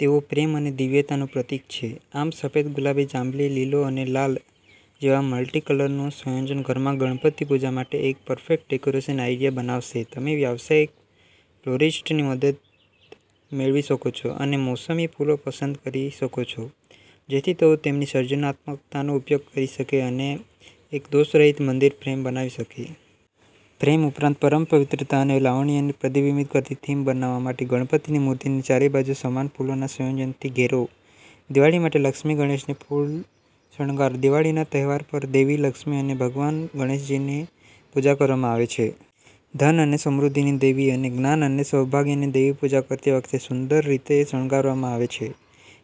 તેઓ પ્રેમ અને દિવ્યતાનું પ્રતીક છે. આમ, સફેદ, ગુલાબી, જાંબલી, લીલો અને લાલ જેવા મલ્ટીકલરનું સંયોજન ઘરમાં ગણપતિ પૂજા માટે એક પરફેક્ટ ડેકોરેશન આઈડિયા બનાવશે. તમે વ્યાવસાયિક ફ્લોરિસ્ટની મદદ મેળવી શકો છો અને મોસમી ફૂલો પસંદ કરી શકો છો જેથી તેઓ તેમની સર્જનાત્મકતાનો ઉપયોગ કરી શકે અને એક દોષરહિત મંદિર ફ્રેમ બનાવી શકે. ફ્રેમ ઉપરાંત, પરમ પવિત્રતા અને લાવણ્યને પ્રતિબિંબિત કરતી થીમ બનાવવા માટે ગણપતિની મૂર્તિને ચારે બાજુ સમાન ફૂલોના સંયોજનથી ઘેરો. દિવાળી માટે લક્ષ્મી ગણેશને ફૂલ શણગાર. દિવાળીના તહેવાર પર દેવી લક્ષ્મી અને ભગવાન ગણેશની પૂજા કરવામાં આવે છે. ધન અને સમૃદ્ધિની દેવી અને જ્ઞાન અને સૌભાગ્યની દેવી પૂજા કરતી વખતે સુંદર રીતે શણગારવામાં આવે છે.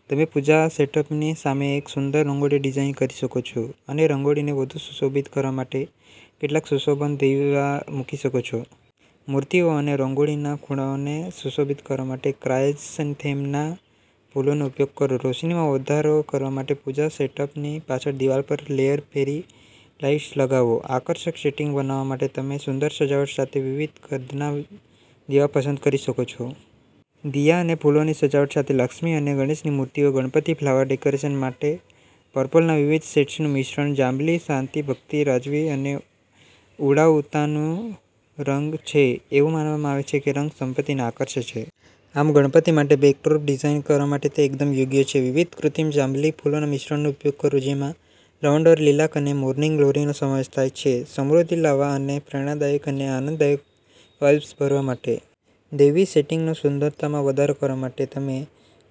તમે પૂજા સેટઅપની સામે એક સુંદર રંગોળી ડિઝાઇન કરી શકો છો અને રંગોળીને વધુ સુશોભિત કરવા માટે કેટલાક સુશોભન દીવા મૂકી શકો છો. મૂર્તિઓ અને રંગોળીના ખૂણાઓને સુશોભિત કરવા માટે ક્રાયસન્થેમમના ફૂલોનો ઉપયોગ કરો. રોશનીમાં વધારો કરવા માટે પૂજા સેટઅપની પાછળની દિવાલ પર લેયર ફેરી લાઇટ્સ લગાવો. આકર્ષક સેટિંગ બનાવવા માટે તમે સુંદર સજાવટ સાથે વિવિધ કદના દીવા પસંદ કરી શકો છો. દિયા અને ફૂલોની સજાવટ સાથે લક્ષ્મી અને ગણેશની મૂર્તિઓ. ગણપતિ ફ્લાવર ડેકોરેશન માટે પર્પલના વિવિધ શેડ્સનું મિશ્રણ. જાંબલી શાંતિ, ભક્તિ, રાજવી અને ઉડાઉતાનો રંગ છે. એવું માનવામાં આવે છે કે રંગ સંપત્તિને આકર્ષે છે. આમ, ગણપતિ માટે બેકડ્રોપ ડિઝાઇન કરવા માટે તે એકદમ યોગ્ય છે. વિવિધ કૃત્રિમ જાંબલી ફૂલોના મિશ્રણનો ઉપયોગ કરો, જેમાં લવંડર, લીલાક અને મોર્નિંગ ગ્લોરીનો સમાવેશ થાય છે, સમૃદ્ધિ લાવવા અને પ્રેરણાદાયક અને આનંદદાયક વાઇબ્સ ભરવા માટે. દૈવી સેટિંગની સુંદરતામાં વધારો કરવા માટે તમે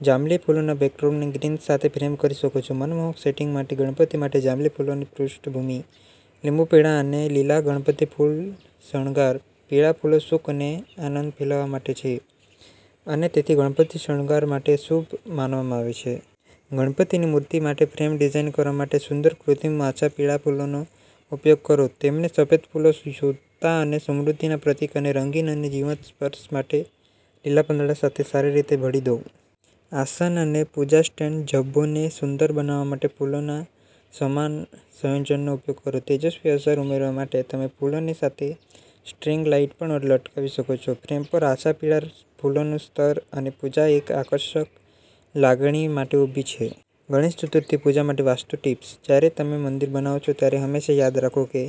જાંબલી ફૂલોના બેકડ્રોપને ગ્રીન્સ સાથે ફ્રેમ કરી શકો છો. મનમોહક સેટિંગ માટે ગણપતિ માટે જાંબલી ફૂલોની પૃષ્ઠભૂમિ. લીંબુ પીળા અને લીલા ગણપતિ ફૂલ શણગાર. પીળા ફૂલો સુખ અને આનંદ ફેલાવવા માટે છે અને તેથી ગણપતિ શણગાર માટે શુભ માનવામાં આવે છે. ગણપતિની મૂર્તિ માટે ફ્રેમ ડિઝાઇન કરવા માટે સુંદર કૃત્રિમ આછા પીળા ફૂલોનો ઉપયોગ કરો. તેમને સફેદ ફૂલો, શુદ્ધતા અને સમૃદ્ધિના પ્રતીક અને રંગીન અને જીવંત સ્પર્શ માટે લીલા પાંદડા સાથે સારી રીતે ભળી દો. આસન અને પૂજા સ્ટેન્ડ ઝભ્ભોને સુંદર બનાવવા માટે ફૂલોના સમાન સંયોજનનો ઉપયોગ કરો. તેજસ્વી અસર ઉમેરવા માટે તમે ફૂલોની સાથે સ્ટ્રિંગ લાઇટ પણ લટકાવી શકો છો. ફ્રેમ પર આછા પીળા ફૂલોનું સ્તર, અને પૂજા એક આકર્ષક લાગણી માટે ઊભી છે. ગણેશ ચતુર્થી પૂજા માટે વાસ્તુ ટિપ્સ. જ્યારે તમે મંદિર બનાવો છો, ત્યારે હંમેશા યાદ રાખો કે